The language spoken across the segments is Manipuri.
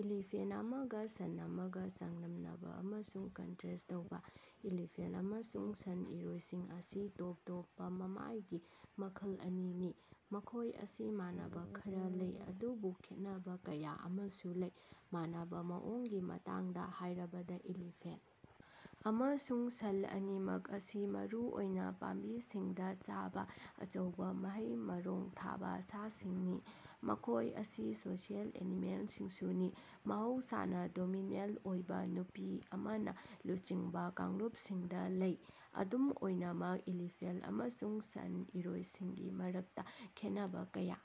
ꯏꯂꯤꯐꯦꯟꯠ ꯑꯃꯒꯥ ꯁꯟ ꯑꯃꯒꯥ ꯆꯥꯡꯗꯝꯅꯕꯥ ꯑꯃꯁꯨꯡ ꯀꯟꯇꯔꯦꯁ꯭ꯠ ꯇꯧꯕꯥ꯫ ꯏꯂꯤꯐꯦꯟꯠ ꯑꯃꯁꯨꯡ ꯁꯟ ꯏꯔꯣꯏꯁꯤꯡ ꯑꯁꯤ ꯇꯣꯞ ꯇꯣꯞꯄꯥ ꯃꯃꯥꯏꯒꯤ ꯃꯈꯜ ꯑꯅꯤꯅꯤ ꯃꯈꯣꯏ ꯑꯁꯤ ꯃꯥꯟꯅꯕꯥ ꯈꯔꯥ ꯂꯩ ꯑꯗꯨꯕꯨ ꯈꯦꯠꯅꯕꯥ ꯀꯌꯥ ꯑꯃꯁꯨ ꯂꯩ꯫ ꯃꯥꯟꯅꯕꯥ ꯃꯑꯣꯡꯒꯤ ꯃꯇꯥꯡꯗꯥ ꯍꯥꯏꯔꯕꯗꯥ ꯏꯂꯤꯐꯦꯟꯠ ꯑꯃꯁꯨꯡ ꯁꯟ ꯑꯅꯤꯃꯛ ꯑꯁꯤ ꯃꯔꯨꯑꯣꯏꯅꯥ ꯄꯥꯝꯕꯤꯁꯤꯡꯗꯥ ꯆꯥꯕꯥ ꯑꯆꯧꯕꯥ ꯃꯍꯩ ꯃꯔꯣꯡ ꯊꯥꯕꯥ ꯁꯥꯁꯤꯡꯅꯤ꯫ ꯃꯈꯣꯏ ꯑꯁꯤ ꯁꯣꯁꯤꯑꯦꯜ ꯑꯦꯅꯤꯃꯦꯜꯁꯤꯡꯁꯨꯅꯤ ꯃꯍꯧꯁꯥꯅꯥ ꯗꯣꯃꯤꯅꯦꯟꯠ ꯑꯣꯏꯕꯥ ꯅꯨꯄꯤ ꯑꯃꯅꯥ ꯂꯨꯆꯤꯡꯕꯥ ꯀꯥꯡꯂꯨꯞꯁꯤꯡꯗꯥ ꯂꯩ꯫ ꯑꯗꯨꯝ ꯑꯣꯏꯅꯃꯛ ꯏꯂꯤꯐꯦꯟꯠ ꯑꯃꯁꯨꯡ ꯁꯟ ꯏꯔꯣꯏꯁꯤꯡꯒꯤ ꯃꯔꯛꯇꯥ ꯈꯦꯟꯅꯕꯥ ꯀꯌꯥ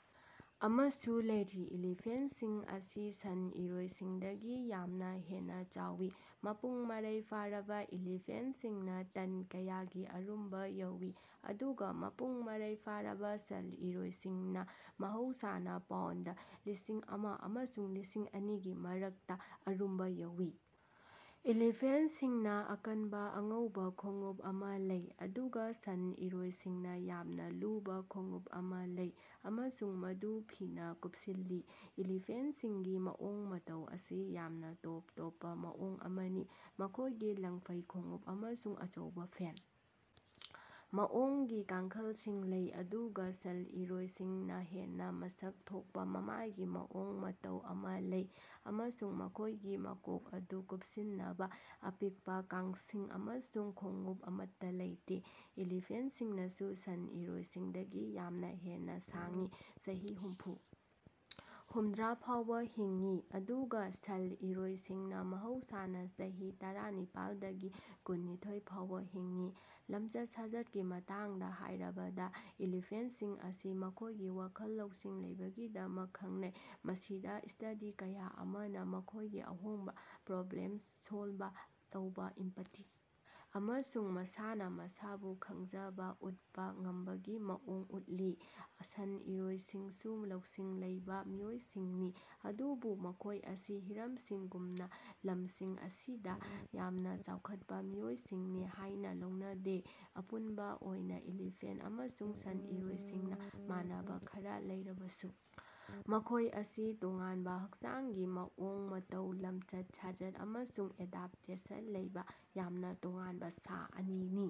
ꯑꯃꯁꯨ ꯂꯩꯔꯤ꯫ ꯏꯂꯤꯐꯦꯟꯠꯁꯤꯡ ꯑꯁꯤ ꯁꯟ ꯏꯔꯣꯏꯁꯤꯡꯗꯒꯤ ꯌꯥꯝꯅꯥ ꯍꯦꯟꯅꯥ ꯆꯥꯎꯏ ꯃꯄꯨꯡ ꯃꯔꯩ ꯐꯥꯔꯕꯥ ꯏꯂꯤꯐꯦꯟꯠꯁꯤꯡꯅꯥ ꯇꯟ ꯀꯌꯥꯒꯤ ꯑꯔꯨꯝꯕꯥ ꯌꯧꯏ ꯑꯗꯨꯒꯥ ꯃꯄꯨꯡ ꯃꯔꯩ ꯐꯥꯔꯕꯥ ꯁꯟ ꯏꯔꯣꯏꯁꯤꯡꯅꯥ ꯃꯍꯧꯁꯥꯅꯥ ꯄꯥꯎꯟꯗ ꯂꯤꯁꯤꯡ ꯑꯃ ꯑꯃꯁꯨꯡ ꯂꯤꯁꯤꯡ ꯑꯅꯤꯒꯤ ꯃꯔꯛꯇꯥ ꯑꯔꯨꯝꯕꯥ ꯌꯧꯏ꯫ ꯏꯂꯤꯐꯦꯟꯠꯁꯤꯡꯅꯥ ꯑꯀꯟꯕꯥ ꯑꯉꯧꯕꯥ ꯈꯣꯡꯎꯞ ꯑꯃꯥ ꯂꯩ ꯑꯗꯨꯒꯥ ꯁꯟ ꯏꯔꯣꯏꯁꯤꯡꯅꯥ ꯌꯥꯝꯅꯥ ꯂꯨꯕꯥ ꯈꯣꯡꯎꯞ ꯑꯃꯥ ꯂꯩ ꯑꯃꯁꯨꯡ ꯃꯗꯨ ꯐꯤꯅꯥ ꯀꯨꯞꯁꯤꯜꯂꯤ꯫ ꯏꯂꯤꯐꯦꯟꯠꯁꯤꯡꯒꯤ ꯃꯑꯣꯡ ꯃꯇꯧ ꯑꯁꯤ ꯌꯥꯝꯅꯥ ꯇꯣꯞ ꯇꯣꯞꯄꯥ ꯃꯑꯣꯡ ꯑꯃꯅꯤ ꯃꯈꯣꯏꯒꯤ ꯂꯪꯐꯩ ꯈꯣꯡꯎꯞ ꯑꯃꯁꯨꯡ ꯑꯆꯧꯕꯥ ꯐꯦꯟ ꯃꯑꯣꯡꯒꯤ ꯀꯥꯡꯈꯜꯁꯤꯡ ꯂꯩ ꯑꯗꯨꯒꯥ ꯁꯟ ꯏꯔꯣꯏꯁꯤꯡꯅꯥ ꯍꯦꯟꯅꯥ ꯃꯁꯛ ꯊꯣꯛꯄꯥ ꯃꯃꯥꯏꯒꯤ ꯃꯑꯣꯡ ꯃꯇꯧ ꯑꯃꯥ ꯂꯩ ꯑꯃꯁꯨꯡ ꯃꯈꯣꯏꯒꯤ ꯃꯀꯣꯛ ꯑꯗꯨ ꯀꯨꯞꯁꯤꯅꯕꯥ ꯑꯄꯤꯛꯄꯥ ꯀꯥꯡꯁꯤꯡ ꯑꯃꯁꯨꯡ ꯈꯣꯡꯎꯞ ꯑꯃꯠꯇꯥ ꯂꯩꯇꯦ꯫ ꯏꯂꯤꯐꯦꯟꯠꯁꯤꯡꯅꯁꯨ ꯁꯟ ꯏꯔꯣꯏꯁꯤꯡꯗꯒꯤ ꯌꯥꯝꯅꯥ ꯍꯦꯟꯅꯥ ꯁꯥꯡꯏ ꯆꯍꯤ ꯍꯨꯝꯐꯨ ꯍꯨꯝꯗ꯭ꯔꯥ ꯐꯥꯎꯕꯥ ꯍꯤꯡꯏ ꯑꯗꯨꯒꯥ ꯁꯟ ꯏꯔꯣꯏꯁꯤꯡꯅꯥ ꯃꯍꯧꯁꯥꯅꯥ ꯆꯍꯤ ꯇꯔꯥꯅꯤꯄꯥꯟꯗꯒꯤ ꯀꯨꯟꯅꯤꯊꯣꯏ ꯐꯥꯎꯕꯥ ꯍꯤꯡꯏ꯫ ꯂꯝꯆꯠ ꯁꯥꯖꯠꯀꯤ ꯃꯇꯥꯡꯗꯥ ꯍꯥꯏꯔꯕꯗꯥ ꯏꯂꯤꯐꯦꯟꯠꯁꯤꯡ ꯑꯁꯤ ꯃꯈꯣꯏꯒꯤ ꯋꯥꯈꯜ ꯂꯧꯁꯤꯡ ꯂꯩꯕꯒꯤꯗꯃꯛ ꯈꯪꯅꯩ ꯃꯁꯤꯗꯥ ꯁ꯭ꯇꯗꯤ ꯀꯌꯥ ꯑꯃꯅꯥ ꯃꯈꯣꯏꯒꯤ ꯑꯍꯣꯡꯕꯥ ꯄ꯭ꯔꯣꯕ꯭ꯂꯦꯝ ꯁꯣꯜꯕ ꯇꯧꯕꯥ ꯏꯝꯄꯥꯇꯤ ꯑꯃꯁꯨꯡ ꯃꯁꯥꯅꯥ ꯃꯁꯥꯕꯨ ꯈꯪꯖꯕꯥ ꯎꯠꯄꯥ ꯉꯝꯕꯒꯤ ꯃꯑꯣꯡ ꯎꯠꯂꯤ꯫ ꯁꯟ ꯏꯔꯣꯏꯁꯤꯡꯁꯨ ꯂꯧꯁꯤꯡ ꯂꯩꯕꯥ ꯃꯤꯑꯣꯏꯁꯤꯡꯅꯤ ꯑꯗꯨꯕꯨ ꯃꯈꯣꯏ ꯑꯁꯤ ꯍꯤꯔꯝꯁꯤꯡꯒꯨꯝꯅꯥ ꯂꯝꯁꯤꯡ ꯑꯁꯤꯗꯥ ꯌꯥꯝꯅꯥ ꯆꯥꯎꯈꯠꯄꯥ ꯃꯤꯑꯣꯏꯁꯤꯡꯅꯤ ꯍꯥꯏꯅꯥ ꯂꯧꯅꯗꯦ꯫ ꯑꯄꯨꯟꯕꯥ ꯑꯣꯏꯅꯥ ꯏꯂꯤꯐꯦꯟꯠ ꯑꯃꯁꯨꯡ ꯁꯟ ꯏꯔꯣꯏꯁꯤꯡꯅꯥ ꯃꯥꯟꯅꯕꯥ ꯈꯔꯥ ꯂꯩꯔꯕꯁꯨ ꯃꯈꯣꯏ ꯑꯁꯤ ꯇꯣꯉꯥꯟꯕꯥ ꯍꯛꯆꯥꯡꯒꯤ ꯃꯑꯣꯡ ꯃꯇꯧ ꯂꯝꯆꯠ ꯁꯥꯖꯠ ꯑꯃꯁꯨꯡ ꯑꯦꯗꯞꯇꯦꯁꯟ ꯂꯩꯕꯥ ꯌꯥꯝꯅꯥ ꯇꯣꯉꯥꯟꯕꯥ ꯁꯥ ꯑꯅꯤꯅꯤ꯫